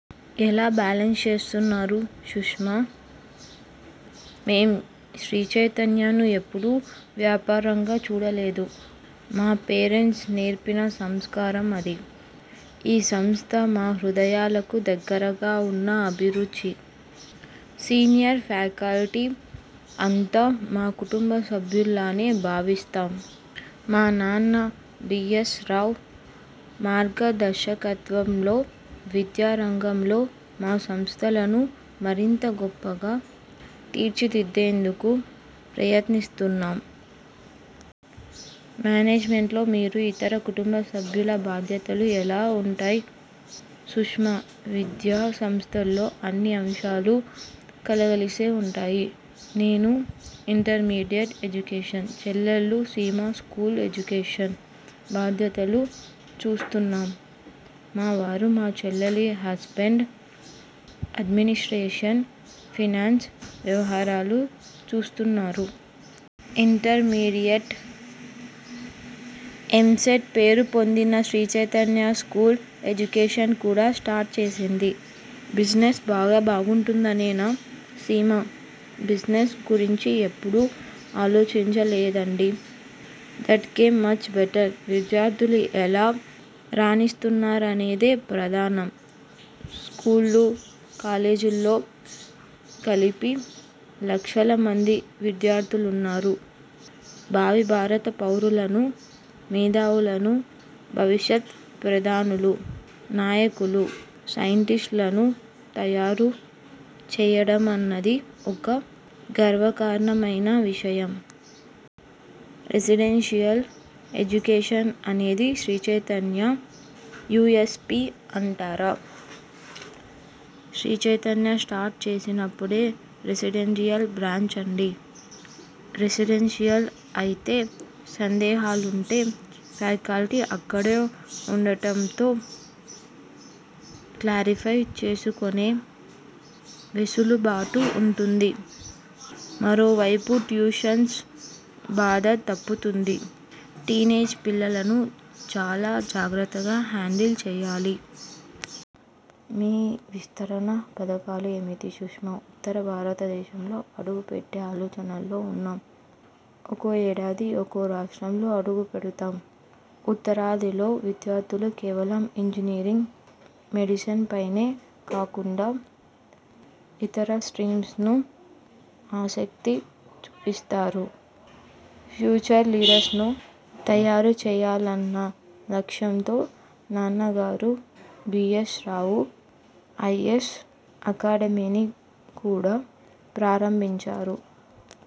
ఎలా బ్యాలెన్స్ చేస్తున్నారు? సుష్మ: మేం శ్రీచైతన్యను ఎప్పుడూ వ్యాపారంగా చూడలేదు. మా పేరెంట్స్ నేర్పిన సంస్కారం అది. ఈ సంస్థ మా హృదయాలకు దగ్గరగా ఉన్న అభిరుచి. సీనియర్ ఫ్యాకల్టీ అంతా మా కుటుంబసభ్యులనే భావిస్తాం. మా నాన్న బిఎస్ రావు మార్గదర్శకత్వంలో విద్యా రంగంలో మా సంస్థలను మరింత గొప్పగా తీర్చిదిద్దేందుకు ప్రయత్నిస్తున్నాం. మేనేజ్మెంట్లో మీరు, ఇతర కుటుంబ సభ్యుల బాధ్యతలు ఎలా ఉంటాయి? సుష్మ: విద్యా సంస్థల్లో అన్ని అంశాలు కలగలిసే ఉంటాయి. నేను ఇంటర్మీడియట్ ఎడ్యుకేషన్, చెల్లెలు సీమ స్యూల్ ఎడ్యుకేషన్ బాధ్యతలు చూస్తున్నాం. మా వారు, మా చెల్లి హజ్బెండ్ అడ్మినిస్ట్రేషన్, ఫైనాన్స్ వ్యవహారాలు చూస్తున్నారు. ఇంటర్మీడియట్, ఎంసెట్ పేరు పొందిన శ్రీచైతన్య స్కూల్ ఎడ్యుకేషన్ కూడా స్టార్ట్ చేసింది. బిజినెస్ బాగా ఉంటుందనేనా? సీమా: బిజినెస్ గురించి ఎప్పుడు ఆలోచించలేదండి. That came much later. విద్యార్ధులు ఎలా రాణిస్తున్నారన్నదే ప్రధానం. స్కూళ్లు, కాలేజీల్లో కలిపి లక్షల మంది విద్యార్ధులున్నారు. భావి భారత పౌరులను, మేధావులను, భవిష్యత్ ప్రధానులు, నాయకులు, సైంటిస్టులను తయారు చేయడమన్నది ఒక గర్వకారణమైన విషయం. రెసిడెన్షియల్ ఎడ్యుకేషన్ అనేది శ్రీచైతన్య యుఎస్ పి అంటారా? శ్రీచైతన్య స్టార్ట్ చేసినపుడే రెసిడెన్షియల్ బ్రాంచ్ అండి. రెసిడెన్షియల్ అయితే సందేహాలుంటే ఫ్యాకల్టీ అక్కడే ఉండటంతో క్లారిఫై చేసుకునే వెసులుబాటు ఉంటుంది. మరోవైపు ట్యూషన్ బాధ తప్పుతుంది. టీనేజ్ పిల్లలను చాలా జాగ్రత్తగా హ్యాండిల్ చెయ్యాలి. మీ విస్తరణ పథకాలు ఏమిటీ? సుష్మ: ఉత్తర భారతదేశంలోకి అడుగుపెట్టే ఆలోచనలో ఉన్నాం. ఒక్కో ఏడాది ఒక్కో రాష్ట్రంలో అడుగుపెడుతాం. ఉత్తరాదిలో విద్యార్ధులు కేవలం ఇంజినీరింగ్, మెడిసిన్పైనే కాకుండా ఇతర స్ట్రీమ్స్లోనూ ఆసక్తి చూపిస్తారు. ఫ్యూచర్ లీడర్స్ను తయారు చేయాలన్న లక్ష్యంతో నాన్నగారు బిఎస్ రావు ఐఎస్ అకాడమీని కూడా ప్రారంభించారు.